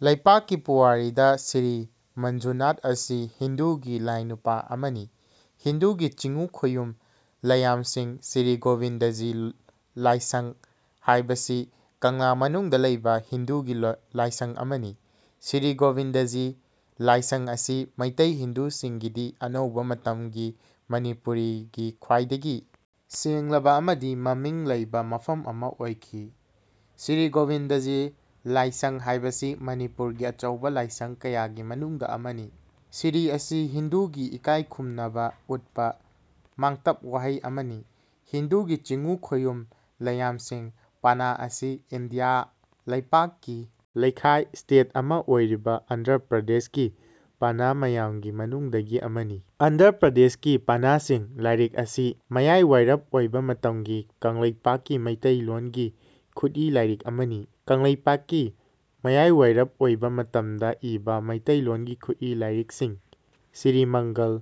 ꯂꯩꯄꯥꯛꯀꯤ ꯄꯨꯋꯥꯔꯤꯗ ꯁ꯭ꯔꯤ ꯃꯟꯖꯨꯅꯥꯊ ꯑꯁꯤ ꯍꯤꯟꯗꯨꯒꯤ ꯂꯥꯢꯅꯨꯄꯥ ꯑꯃꯅꯤ꯫ ꯍꯤꯟꯗꯨꯒꯤ ꯆꯤꯉꯨ ꯈꯣꯌꯨꯝ ꯂꯥꯢꯌꯥꯝꯁꯤꯡ ꯁ꯭ꯔꯤ ꯒꯣꯚꯤꯟꯗꯖꯤ ꯂꯥꯢꯁꯪ ꯍꯥꯏꯕꯁꯤ ꯀꯪꯂꯥ ꯃꯅꯨꯡꯗ ꯂꯩꯕ ꯍꯤꯟꯗꯨꯒꯤ ꯂꯥꯢꯁꯪ ꯑꯃꯅꯤ꯫ ꯁ꯭ꯔꯤ ꯒꯣꯚꯤꯟꯗꯖꯤ ꯂꯥꯢꯁꯪ ꯑꯁꯤ ꯃꯩꯇꯩ ꯍꯤꯟꯗꯨꯁꯤꯡꯒꯤꯗꯤ ꯑꯅꯧꯕ ꯃꯇꯝ ꯒꯤ ꯃꯅꯤꯄꯨꯔꯒꯤ ꯈ꯭ꯋꯥꯢꯗꯒꯤ ꯁꯦꯡꯂꯕ ꯑꯃꯗꯤ ꯃꯃꯤꯡ ꯂꯩꯕ ꯃꯐꯝ ꯑꯃ ꯑꯣꯢꯈꯤ꯫ "ꯁ꯭ꯔꯤ ꯒꯣꯚꯤꯟꯗꯖꯤ ꯂꯥꯢꯁꯪ" ꯍꯥꯏꯕꯁꯤ ꯃꯅꯤꯄꯨꯔꯒꯤ ꯑꯆꯧꯕ ꯂꯥꯢꯁꯪ ꯀꯌꯥꯒꯤ ꯃꯅꯨꯡꯗ ꯑꯃꯅꯤ꯫ ꯁ꯭ꯔꯤ ꯑꯁꯤ ꯍꯤꯟꯗꯨꯒꯤ ꯏꯀꯥꯢꯈꯨꯝꯅꯕ ꯎꯠꯄ ꯃꯥꯡꯇꯞ ꯋꯥꯍꯩ ꯑꯃꯅꯤ꯫ ꯍꯤꯟꯗꯨꯒꯤ ꯆꯤꯉꯨ ꯈꯣꯌꯨꯝ ꯂꯥꯢꯌꯥꯝꯁꯤꯡ ꯄꯅꯥ ꯑꯁꯤ ꯏꯟꯗꯤꯌꯥ ꯂꯩꯄꯥꯛꯀꯤ ꯂꯩꯈꯥꯢ (ꯁ꯭ꯇꯦꯠ) ꯑꯃ ꯑꯣꯢꯔꯤꯕ ꯑꯟꯙ꯭ꯔ ꯄ꯭ꯔꯗꯦꯁꯀꯤ ꯄꯅꯥ ꯃꯌꯥꯝꯒꯤ ꯃꯅꯨꯡꯗꯒꯤ ꯑꯃꯅꯤ꯫ ꯑꯟꯙ꯭ꯔ ꯄ꯭ꯔꯗꯦꯁꯀꯤ ꯄꯅꯥꯁꯤꯡ ꯂꯥꯢꯔꯤꯛ ꯑꯁꯤ ꯃꯌꯥꯢꯋꯥꯢꯔꯞ ꯑꯣꯢꯕ ꯃꯇꯝꯒꯤ ꯀꯪꯂꯩꯄꯥꯛꯀꯤ ꯃꯤꯇꯩꯂꯣꯟꯒꯤ ꯈꯨꯠꯏ ꯂꯥꯢꯔꯤꯛ ꯑꯃꯅꯤ꯫ ꯀꯪꯂꯩꯄꯥꯛꯀꯤ ꯃꯌꯥꯢꯋꯥꯢꯔꯞ ꯑꯣꯢꯕ ꯃꯇꯝꯗ ꯏꯕ ꯃꯤꯇꯩꯂꯣꯟꯒꯤ ꯈꯨꯠꯏ ꯂꯥꯢꯔꯤꯛꯁꯤꯡ ꯁ꯭ꯔꯤꯃꯪꯒꯜ,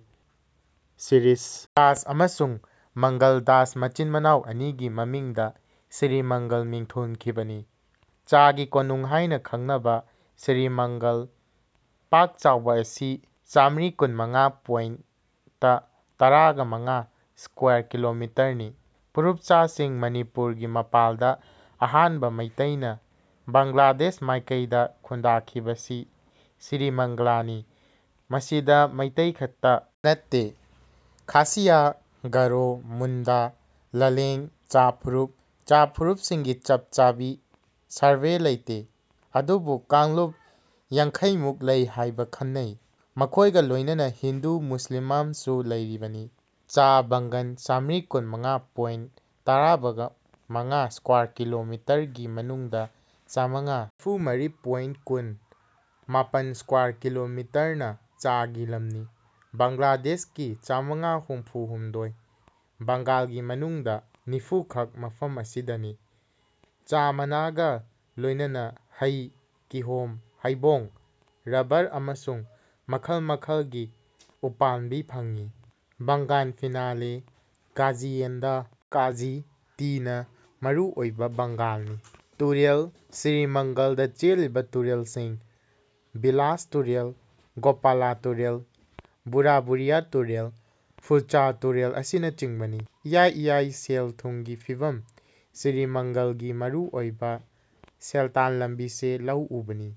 ꯁ꯭ꯔꯤꯁ ꯗꯥꯁ, ꯑꯃꯁꯨꯡ ꯃꯪꯒꯜ ꯗꯥꯁ ꯃꯆꯤꯟꯃꯅꯥꯎ ꯑꯅꯤꯒꯤ ꯃꯃꯤꯡꯗ ꯁ꯭ꯔꯤꯃꯪꯒꯜ ꯃꯤꯡꯊꯣꯟꯈꯤꯕꯅꯤ꯫ ꯆꯥꯒꯤ ꯀꯣꯅꯨꯡ ꯍꯥꯏꯅ ꯈꯪꯅꯕ ꯁ꯭ꯔꯤꯃꯪꯒꯜ ꯄꯥꯛꯆꯥꯎꯕ ꯑꯁꯤ ꯆꯥꯃꯔꯤ ꯀꯨꯟꯃꯉꯥ ꯄꯣꯏꯟꯇ ꯇꯔꯥꯃꯉꯥ ꯁ꯭ꯀ꯭ꯌꯥꯔ ꯀꯤꯂꯣꯃꯤꯇꯔꯅꯤ꯫ ꯐꯨꯔꯨꯞꯆꯥꯁꯤꯡ ꯃꯅꯤꯄꯨꯔꯒꯤ ꯃꯄꯥꯟꯗ ꯑꯍꯥꯟꯕ ꯃꯤꯇꯩꯅ ꯕꯪꯂꯥꯗꯦꯁ ꯃꯥꯏꯀꯩꯗ ꯈꯨꯟꯗꯥꯈꯤꯕꯁꯦ ꯁ꯭ꯔꯤꯃꯡꯒꯂꯅꯤ꯫ ꯑꯁꯤꯗ ꯃꯤꯇꯩꯈꯛꯇ ꯅꯠꯇꯦ ꯈꯥꯁꯤꯌꯥ, ꯒꯥꯔꯣ, ꯃꯨꯟꯗꯥ, ꯂꯥꯂꯦꯡ, ꯆꯥ ꯐꯨꯔꯨꯞ (ꯆꯥ ꯐꯨꯔꯨꯞꯁꯤꯡꯒꯤ ꯆꯞꯆꯥꯕꯤ ꯁꯥꯔꯚꯦ ꯂꯩꯇꯦ, ꯑꯣꯗꯨꯕꯨ ꯛꯥꯡꯂꯨꯞ ꯌꯥꯡꯈꯩꯃꯨꯛ ꯂꯩ ꯍꯥꯏꯅ ꯈꯟꯅꯩ) ꯃꯈꯣꯏꯒ ꯂꯣꯏꯅꯅ ꯍꯤꯟꯗꯨ ꯃꯨꯁꯂꯤꯝꯁꯨ ꯂꯩꯔꯤꯕꯅꯤ꯫ ꯆꯥ ꯕꯥꯒꯥꯟ ꯆꯥꯃꯔꯤ ꯀꯨꯟꯃꯉꯥ ꯄꯣꯏꯟꯠ ꯇꯔꯥꯃꯉꯥ ꯁ꯭ꯀ꯭ꯋꯥꯔ ꯀꯤꯂꯣꯃꯤꯇꯔꯒꯤ ꯃꯅꯨꯡꯗ ꯆꯥꯃꯒ ꯃꯔꯤꯐꯨ ꯃꯔꯤ ꯄꯣꯏꯟꯠ ꯀꯨꯟ ꯃꯥꯄꯟ ꯁ꯭ꯀ꯭ꯋꯥꯔ ꯀꯤꯂꯣꯃꯤꯇꯔꯅ ꯆꯥꯒꯤ ꯂꯝꯅꯤ꯫ ꯕꯪꯂꯥꯗꯦꯁꯀꯤ ꯆꯥꯃꯒ ꯍꯨꯝꯐꯨ ꯍꯨꯝꯗꯣꯏ ꯕꯥꯒꯥꯟꯒꯤ ꯃꯅꯨꯡꯗ ꯅꯤꯐꯨꯈꯛ ꯃꯐꯝꯁꯤꯗꯅꯤ꯫ ꯆꯥ ꯃꯅꯥꯒ ꯂꯣꯏꯅꯅ ꯍꯩ, ꯀꯤꯍꯣꯝ, ꯊꯩꯕꯣꯡ, ꯔꯕꯔ ꯑꯃꯁꯨꯡ ꯃꯈꯜ ꯃꯈꯜꯒꯤ ꯎꯄꯥꯟꯕꯤ ꯐꯪꯉꯤ꯫ ꯕꯒꯥꯟ ꯐꯤꯅꯂꯦ, ꯀꯥꯖꯤ ꯑꯦꯟ꯭ꯗ ꯀꯥꯖꯤ ꯇꯤ ꯅꯥ ꯃꯔꯨ ꯑꯣꯢꯕ ꯕꯥꯒꯥꯟꯅꯤ꯫ ꯇꯨꯔꯦꯜ ꯁ꯭ꯔꯤꯃꯪꯒꯜꯗ ꯆꯦꯜꯂꯤꯕ ꯇꯨꯔꯦꯜꯁꯤꯡ ꯕꯤꯂꯥꯁ ꯇꯨꯔꯦꯜ, ꯒꯣꯄꯂꯥ ꯇꯨꯔꯦꯜ, ꯚꯨꯔꯚꯨꯔꯤꯌꯥ ꯇꯨꯔꯦꯜ, ꯐꯨꯜꯆꯔꯥ ꯇꯨꯔꯦꯜ ꯑꯁꯤꯅꯆꯤꯡꯕꯅꯤ꯫ ꯢꯌꯥꯏ ꯢꯌꯥꯏ ꯁꯦꯜ ꯊꯨꯝꯒꯤ ꯐꯤꯚꯝ ꯁ꯭ꯔꯤꯃꯪꯒꯜꯒꯤ ꯃꯔꯨ ꯑꯣꯏꯕ ꯁꯦꯜꯇꯥꯟ ꯂꯝꯕꯤꯁꯦ ꯂꯧ ꯎꯕꯅꯤ꯫